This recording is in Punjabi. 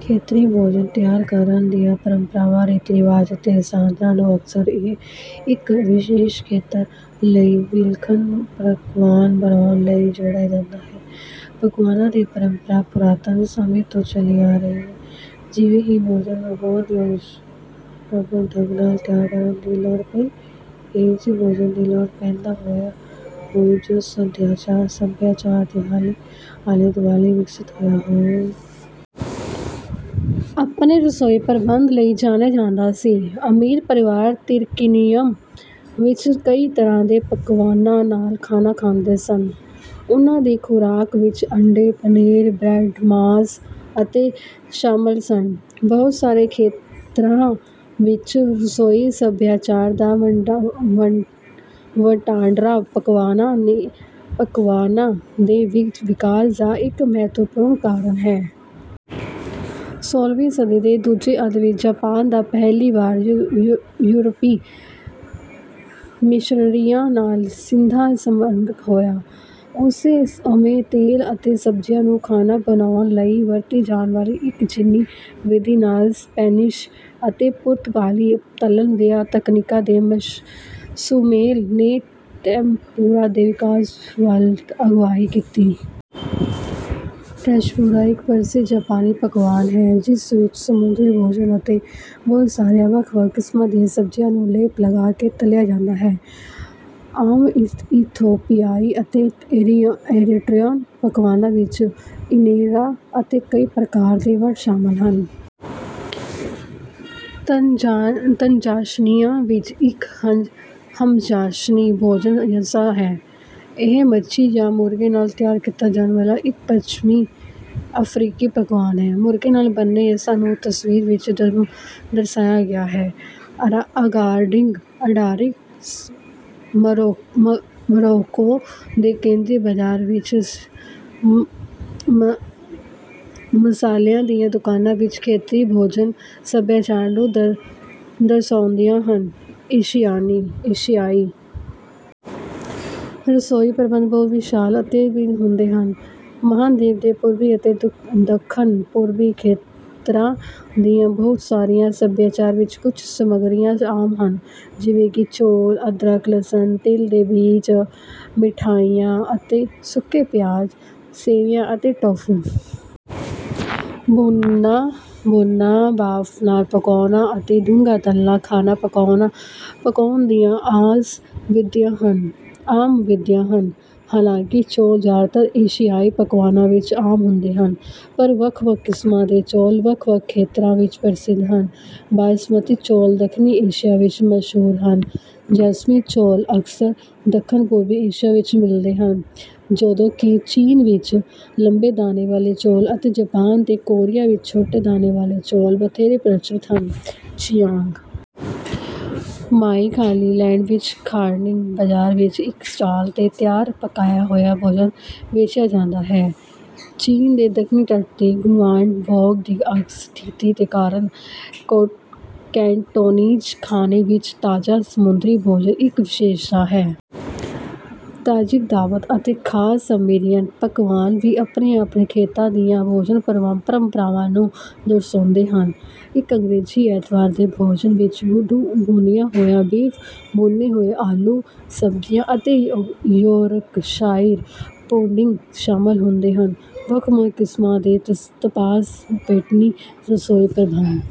ਖੇਤਰੀ ਭੋਜਨ ਤਿਆਰ ਕਰਨ ਦੀਆਂ ਪਰੰਪਰਾਵਾਂ, ਰੀਤੀ-ਰਿਵਾਜਾਂ ਅਤੇ ਸਾਧਨਾਂ ਨੂੰ ਅਕਸਰ ਇੱਕ ਵਿਸ਼ੇਸ਼ ਖੇਤਰ ਲਈ ਵਿਲੱਖਣ ਪਕਵਾਨ ਬਣਾਉਣ ਲਈ ਜੋੜਿਆ ਜਾਂਦਾ ਹੈ। ਪਕਵਾਨਾਂ ਦੀ ਪਰੰਪਰਾ ਪੁਰਾਤਨ ਸਮੇਂ ਤੋਂ ਚੱਲੀ ਆ ਰਹੀ ਹੈ। ਜਿਵੇਂ ਹੀ ਭੋਜਨ ਨੂੰ ਹੋਰ ਯੋਜਨਾਬੱਧ ਢੰਗ ਨਾਲ ਤਿਆਰ ਕਰਨ ਦੀ ਲੋੜ ਪਈ, ਅਜਿਹੇ ਭੋਜਨ ਦੀ ਲੋੜ ਪੈਦਾ ਹੋਈ ਜੋ ਸੱਭਿਆਚਾਰ ਦੇ ਆਲੇ-ਦੁਆਲੇ ਵਿਕਸਤ ਹੋਇਆ। ਰੋਮ ਆਪਣੇ ਰਸੋਈ ਪ੍ਰਬੰਧ ਲਈ ਜਾਣਿਆ ਜਾਂਦਾ ਸੀ। ਅਮੀਰ ਪਰਿਵਾਰ ਤਿਰਕਿਨਿਅਮ ਵਿੱਚ ਕਈ ਤਰ੍ਹਾਂ ਦੇ ਪਕਵਾਨਾਂ ਨਾਲ ਖਾਣਾ ਖਾਂਦੇ ਸਨ। ਉਨ੍ਹਾਂ ਦੀ ਖੁਰਾਕ ਵਿੱਚ ਅੰਡੇ, ਪਨੀਰ, ਬਰੈੱਡ, ਮਾਸ ਅਤੇ ਸ਼ਾਮਲ ਸਨ। ਬਹੁਤ ਸਾਰੇ ਖੇਤਰਾਂ ਵਿੱਚ ਰਸੋਈ ਸੱਭਿਆਚਾਰ ਦਾ ਵਟਾਂਦਰਾ ਪਕਵਾਨਾਂ ਦੇ ਵਿੱਚ ਵਿਕਾਸ ਦਾ ਇੱਕ ਮਹੱਤਵਪੂਰਨ ਕਾਰਕ ਹੈ। ਸੋਲ੍ਹਵੀਂ ਸਦੀ ਦੇ ਦੂਜੇ ਅੱਧ ਵਿੱਚ ਜਾਪਾਨ ਦਾ ਪਹਿਲੀ ਵਾਰ ਯੂਰਪੀ ਮਿਸ਼ਨਰੀਆਂ ਨਾਲ ਸਿੱਧਾ ਸੰਪਰਕ ਹੋਇਆ। ਉਸ ਸਮੇਂ ਤੇਲ ਅਤੇ ਸਬਜ਼ੀਆਂ ਨੂੰ ਖਾਣਾ ਬਣਾਉਣ ਲਈ ਵਰਤੀ ਜਾਣ ਵਾਲੀ ਇੱਕ ਚੀਨੀ ਵਿਧੀ ਨਾਲ ਸਪੈਨਿਸ਼ ਅਤੇ ਪੁਰਤਗਾਲੀ ਤਲ਼ਣ ਦੀਆਂ ਤਕਨੀਕਾਂ ਦੇ ਸੁਮੇਲ ਨੇ ਟੈਂਮਪੂਰਾ ਦੇ ਵਿਕਾਸ ਵੱਲ ਅਗਵਾਈ ਕੀਤੀ। ਟੈਂਸ਼ਪੂਰਾ ਇੱਕ ਪ੍ਰਸਿੱਧ ਜਾਪਾਨੀ ਪਕਵਾਨ ਹੈ, ਜਿਸ ਵਿੱਚ ਸਮੁੰਦਰੀ ਭੋਜਨ ਅਤੇ ਬਹੁਤ ਸਾਰੀਆਂ ਵੱਖ-ਵੱਖ ਕਿਸਮਾਂ ਦੀਆਂ ਸਬਜ਼ੀਆਂ ਨੂੰ ਲੇਪ ਲਗਾ ਕੇ ਤਲਿਆ ਜਾਂਦਾ ਹੈ। ਆਮ ਇਥੋਪੀਆਈ ਅਤੇ ਏਰੀਟ੍ਰੀਅਨ ਪਕਵਾਨਾਂ ਵਿੱਚ ਇਨੇਰਾ ਅਤੇ ਕਈ ਪ੍ਰਕਾਰ ਦੇ ਵੱਟ ਸ਼ਾਮਲ ਹਨ। ਤਨਜ਼ਾਸ਼ਨੀਆ ਵਿੱਚ ਇੱਕ ਰਮਜ਼ਾਸ਼ਨੀ ਭੋਜਨ ‘ਯੱਸਾ’ ਹੈ। ਇਹ ਮੱਛੀ ਜਾਂ ਮੁਰਗੇ ਨਾਲ ਤਿਆਰ ਕੀਤਾ ਜਾਣ ਵਾਲਾ ਇੱਕ ਪੱਛਮੀ ਅਫ਼ਰੀਕੀ ਪਕਵਾਨ ਹੈ। ਮੁਰਗੇ ਨਾਲ ਬਣੇ ਯੱਸਾ ਨੂੰ ਤਸਵੀਰ ਵਿੱਚ ਦਰਸਾਇਆ ਗਿਆ ਹੈ। ਅਗਾਡਿਰ, ਮੋਰੋਕੋ ਦੇ ਕੇਂਦਰੀ ਬਾਜ਼ਾਰ ਵਿੱਚ ਮਸਾਲਿਆਂ ਦੀਆਂ ਦੁਕਾਨਾਂ ਵੀ ਖੇਤਰੀ ਭੋਜਨ-ਸੱਭਿਆਚਾਰ ਨੂੰ ਦਰਸਾਉਂਦੀਆਂ ਹਨ। ਏਸ਼ੀਆਨੀ ਰਸੋਈ ਪ੍ਰਬੰਧ ਬਹੁਤ ਵਿਸ਼ਾਲ ਅਤੇ ਭਿੰਨ ਹੁੰਦੇ ਹਨ। ਮਹਾਂਦੀਪ ਦੇ ਪੂਰਬੀ ਅਤੇ ਦੱਖਣ-ਪੂਰਬੀ ਖੇਤਰਾਂ ਦੀਆਂ ਬਹੁਤ ਸਾਰੀਆਂ ਸੱਭਿਆਚਾਰਾਂ ਵਿੱਚ ਕੁਝ ਸਮੱਗਰੀਆਂ ਆਮ ਹਨ, ਜਿਵੇਂ ਕਿ ਚੌਲ, ਅਦਰਕ, ਲਸਣ, ਤਿਲ ਦੇ ਬੀਜ, ਮਿਠਾਈਆਂ, ਸੁੱਕੇ ਪਿਆਜ਼, ਸੋਇਆ ਅਤੇ ਟੋਫੂ। ਭੁੰਨਣਾ, ਭਾਫ਼ ਨਾਲ ਪਕਾਉਣਾ ਅਤੇ ਡੂੰਘਾ ਤਲ਼ਣਾ ਖਾਣਾ ਪਕਾਉਣ ਦੀਆਂ ਆਮ ਵਿਧੀਆਂ ਹਨ। ਹਾਲਾਂਕਿ ਚੌਲ ਜ਼ਿਆਦਾਤਰ ਏਸ਼ੀਆਈ ਪਕਵਾਨਾਂ ਵਿੱਚ ਆਮ ਹੁੰਦੇ ਹਨ, ਪਰ ਵੱਖ-ਵੱਖ ਕਿਸਮਾਂ ਦੇ ਚੌਲ ਵੱਖ-ਵੱਖ ਖੇਤਰਾਂ ਵਿੱਚ ਪ੍ਰਸਿੱਧ ਹਨ। ਬਾਸਮਤੀ ਚੌਲ ਦੱਖਣੀ ਏਸ਼ੀਆ ਵਿੱਚ ਮਸ਼ਹੂਰ ਹਨ, ਜੈਸਮੀਨ ਚੌਲ ਅਕਸਰ ਦੱਖਣ-ਪੂਰਬੀ ਏਸ਼ੀਆ ਵਿੱਚ ਮਿਲਦੇ ਹਨ, ਜਦੋਂਕਿ ਚੀਨ ਵਿੱਚ ਲੰਬੇ ਦਾਣੇ ਵਾਲੇ ਚੌਲ ਅਤੇ ਜਾਪਾਨ ਤੇ ਕੋਰੀਆ ਵਿੱਚ ਛੋਟੇ ਦਾਣੇ ਵਾਲੇ ਚੌਲ ਵਧੇਰੇ ਪ੍ਰਚਲਿਤ ਹਨ। ਚਿਆਂਗ ਮਾਈ, ਥਾਈਲੈਂਡ ਵਿੱਚ ਖਾਨਿੰਗ ਬਾਜ਼ਾਰ ਵਿੱਚ ਇੱਕ ਸਟਾਲ ’ਤੇ ਤਿਆਰ ਪਕਾਇਆ ਹੋਇਆ ਭੋਜਨ ਵੇਚਿਆ ਜਾਂਦਾ ਹੈ। ਚੀਨ ਦੇ ਦੱਖਣੀ ਤੱਟ ’ਤੇ ਗੁਆਂਗਡੋਂਗ ਦੀ ਸਥਿਤੀ ਦੇ ਕਾਰਨ, ਕੈਂਟੋਨੀਜ਼ ਖਾਣੇ ਵਿੱਚ ਤਾਜ਼ਾ ਸਮੁੰਦਰੀ ਭੋਜਨ ਇੱਕ ਵਿਸ਼ੇਸ਼ਤਾ ਹੈ। ਤਾਜਿਕ ਦਾਵਤ ਅਤੇ ਖਾਸ ਅਮੇਰੀਅਨ ਪਕਵਾਨ ਵੀ ਆਪਣੇ-ਆਪਣੇ ਖੇਤਰਾਂ ਦੀਆਂ ਭੋਜਨ ਪਰੰਪਰਾਵਾਂ ਨੂੰ ਦਰਸਾਉਂਦੇ ਹਨ। ਇੱਕ ਅੰਗਰੇਜ਼ੀ ਐਤਵਾਰ ਦੇ ਭੋਜਨ ਵਿੱਚ ਭੁੰਨਿਆ ਹੋਇਆ ਬੀਫ, ਭੁੰਨੇ ਹੋਏ ਆਲੂ, ਸਬਜ਼ੀਆਂ ਅਤੇ ਯੌਰਕਸ਼ਾਇਰ ਪੁਡਿੰਗ ਸ਼ਾਮਲ ਹੁੰਦੇ ਹਨ। ਵੱਖ-ਵੱਖ ਕਿਸਮਾਂ ਦੇ ਤਪਾਸ ਸਪੇਨੀ ਰਸੋਈ ਪ੍ਰਬੰਧ